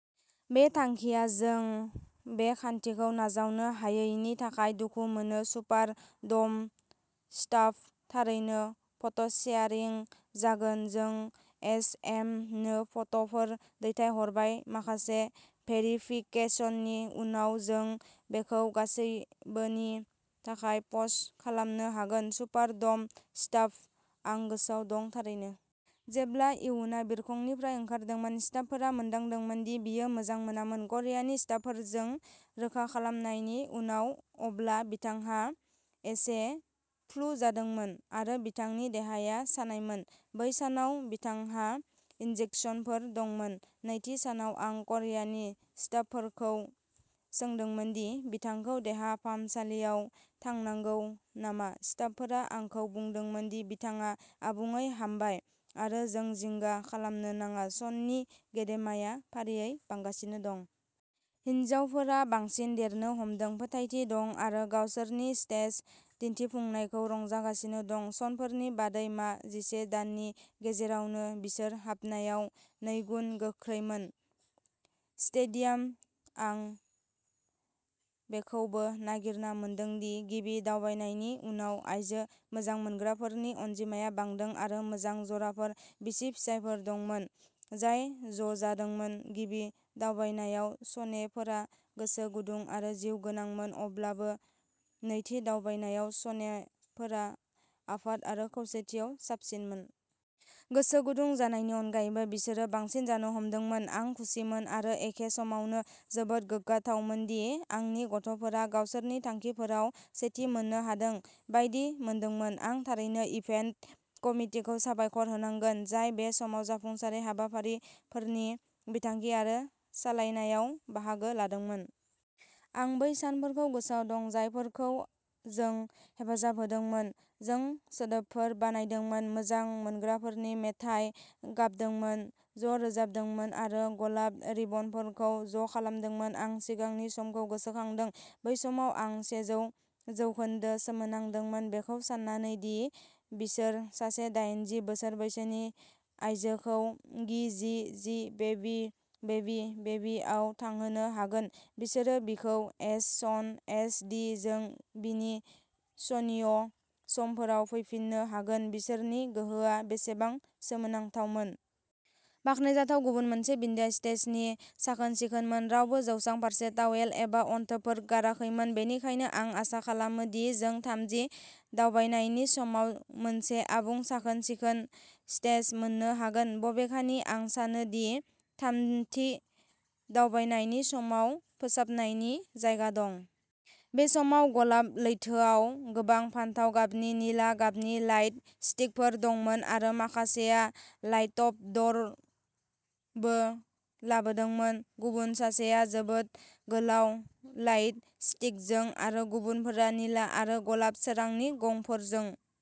बे थांखिआ। जों बे खान्थिखौ नाजावनो हायैनि थाखाय दुखु मोनो। सुपार ड'म स्टाफ थारैनो फट'सेयारिं जागोन, जों एस एम नो फट'फोर दैथायहरबाय, माखासे भेरिफिकेसननि उनाव, जों बेखौ गासैबोनि थाखाय पस्ट खालामनो हागोन सुपार ड'म स्टाफ आं गोसोआव दं, थारैनो। जेब्ला युना बिरखंनिफ्राय ओंखारदोंमोन, स्टाफफोरा मोनदांदोंमोन दि बियो मोजां मोनामोन। करियानि स्टाफफोरजों रोखा खालामनायनि उनाव, अब्ला बिथांहा एसे फ्लु जादोंमोन आरो बिथांनि देहाया सानायमोन। बै सानाव बिथांहा इन्जेक्सनफोर दंमोन। नैथि सानाव आं करियानि स्टाफफोरखौ सोंदोंमोन दि बिथांखौ देहा फाहामसालियाव थांनांगौ नामा, स्टाफफोरा आंखौ बुंदोंमोन दि बिथाङा आबुङै हामबाय आरो जों जिंगा खालामनो नाङा सननि गेदेमाया फारियै बांगासिनो दं। हिनजावफोरा बांसिन देरनो हमदों, फोथायथि दं आरो गावसोरनि स्टेज दिन्थिफुंनायखौ रंजागासिनो दं, स'नफोरनि बादै मा? जिसे दाननि गेजेरावनो, बिसोर हाबनायाव नैगुन गोख्रैमोन। स्टेडियाम आं बेखौबो नागिरना मोनदों दि गिबि दावबायनायनि उनाव आइजो मोजां मोनग्राफोरनि अनजिमाया बांदों आरो मोजां जराफोर, बिसि-फिसायफोर दंमोन जाय ज'जादोंमोन गिबि दावबायनायाव स'नेफोरा गोसो गुदुं आरो जिउगोनांमोन, अब्लाबो नैथि दावबायनायाव स'नेफोरा आफाद आरो खौसेथियाव साबसिनमोन। गोसो गुदुं जानायनि अनगायैबो, बिसोरो बांसिन जानो हमदोंमोन। आं खुसिमोन आरो एखे समावनो जोबोद गोग्गाथावमोन दि आंनि गथ'फोरा गावसोरनि थाखोफोराव सेथि मोननो हादों बायदि मोनदोंमोन आं थारैनो' इभेन्ट कमिटि'खौ साबायखर होनांगोन, जाय बे समाव जाफुंसारै हाबाफारिफोरनि बिथांखि आरो सालायनायाव बाहागो लादोंमोन। आं बै सानफोरखौ गोसोआव दं, जायफोरखौ जों हेफाजाब होदोंमोन जों सोदोबफोर बानायदोंमोन, मोजां मोनग्राफोरनि मेथाइ गाबदोंमोन, ज'रोजाबदोंमोन आरो गलाब रिबनफोरखौ ज'खालामदोंमोन। आं सिगांनि समखौ गोसोखांदों। बै समाव, आं सेजौ जौखोन्दो सोमोनांदोंमोन, बेखौ सान्नानै दि बिसोर सासे दायेनजि बोसोर बैसोनि आयजोखौ gee gee gee baby baby baby आव थांहोनो हागोन, बिसोरो बिखौ एस सन एस डि जों बिनि सनिय' समफोराव फैफिननो हागोन बिसोरनि गोहोआ बेसेबां सोमोनांथावमोन? बाखनायजाथाव गुबुन मोनसे बिन्दोआ स्टेजनि साखोन-सिखोनमोन। रावबो जौसां फारसे तावेल एबा अनथोबफोर गाराखैमोन, बेनिखायनो आं आसा खालामो दि जों थामथि दावबायनायनि समाव मोनसे आबुं साखोन-सिखोन स्टेज मोन्नो हागोन बबेखानि, आं सानो दि थामथि दावबायनायनि समाव फोसाबनायनि जायगा दं। बे समाव, गलाब लैथोआव गोबां फान्थाव गाबनि, निला गाबनि लाइट स्टिकफोर दंमोन आरो माखासेआ लाइटबदरबो लाबोदोंमोन, गुबुन सासेआ जोबोद गोलाव लाइट स्टिकजों आरो गुबुनफोरा निला आरो गलाब सोरांनि गंफोरजों।